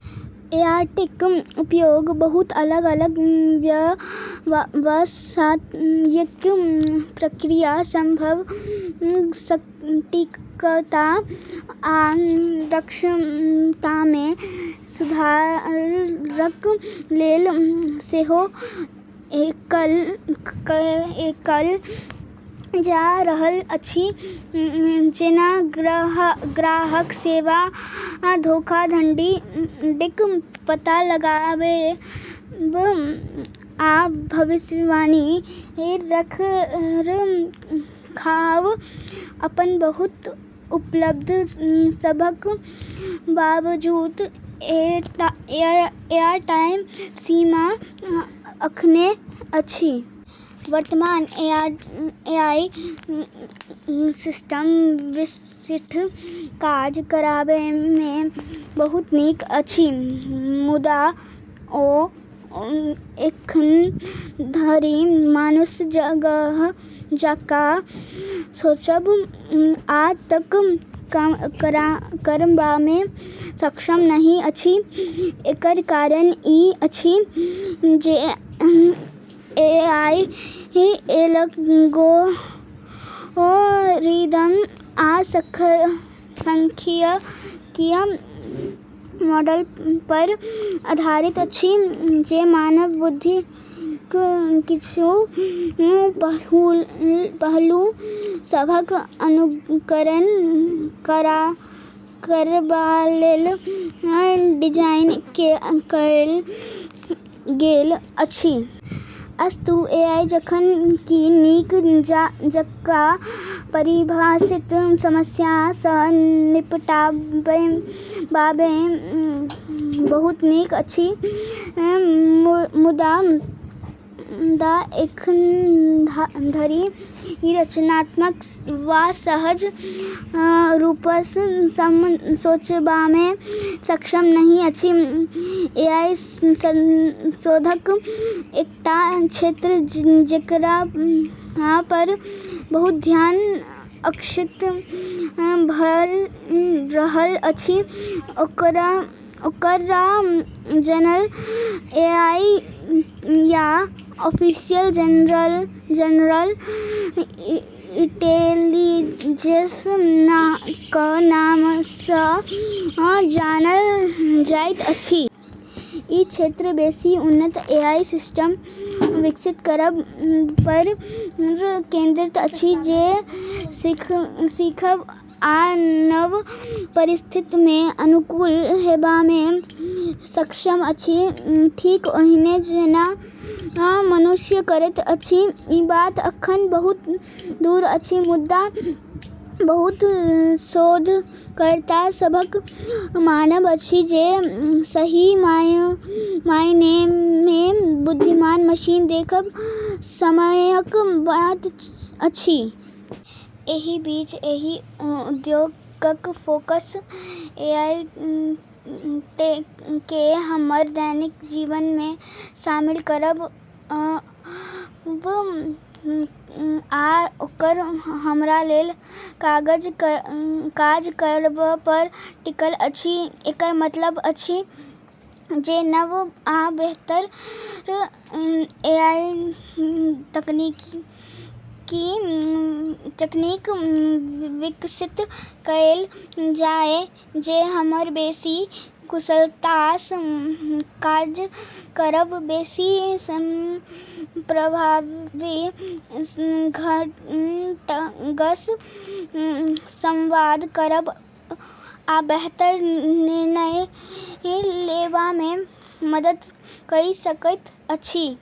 एआईक उपयोग बहुत अलग-अलग व्यवसायिक प्रक्रिया सभक सटीकता आ दक्षतामे सुधारक लेल सेहो कएल जा रहल अछि, जेना ग्राहक सेवा, धोखाधड़ीक पता लगाबएब, आ भविष्यवाणी रखरखाव। अपन बहुत उपलब्धि सभक बावजूद एआईक सीमा अखनो अछि। वर्तमान एआई सिस्टम विशिष्ट काज करबामे बहुत नीक अछि, मुदा ओ एखनधरि मानुष जकाँ सोचब आ तर्क करबामे सक्षम नहि अछि। एकर कारण ई अछि जे एआई एल्गोरिदम आ सांख्यिकीय मॉडलपर आधारित अछि जे मानव बुद्धिक किछु पहलू सभक अनुकरण करबालेल डिजाइन कएल गेल अछि। अस्तु, एआई जखन कि नीक जकाँ परिभाषित समस्या सँ निपटबामे बहुत नीक अछि, मुदा एखनधरि रचनात्मक वा सहज रूपसँ सोचबामे सक्षम नहि अछि। एआई शोधक एकटा क्षेत्र जेकरापर बहुत ध्यान आकर्षित भऽ रहल अछि, ओकरा "जनरल एआई" या "आर्टिफिशियल जनरल इंटेलिजेंस" क नामसँ जानल जाइत अछि। ई क्षेत्र बेसी उन्नत एआई सिस्टम विकसित करबपर केंद्रित अछि जे सीखब आ नव परिस्थिति मे अनुकूल हेबामे सक्षम अछि, ठीक ओहिना जेना मनुष्य करैत अछि। ई बात अखन बहुत दूर अछि, मुदा बहुत शोधकर्ता सभक मानब अछि जे सही मायनेमे बुद्धिमान मशीन देखब समयक बात अछि। एहि बीच एहि उद्योगक फोकस एआईकेँ हमर दैनिक जीवनमे शामिल करब आ ओकरा हमरालेल काज करबपर टिकल अछि। एकर मतलब अछि जे नव आ बेहतर एआई तकनीक विकसित कएल जाए जे हमरा बेसी कुशलतासँ काज करब, बेसी प्रभावी ढंगसँ संवाद करब आ बेहतर निर्णय लेबामे मदद कइ सकैत अछि।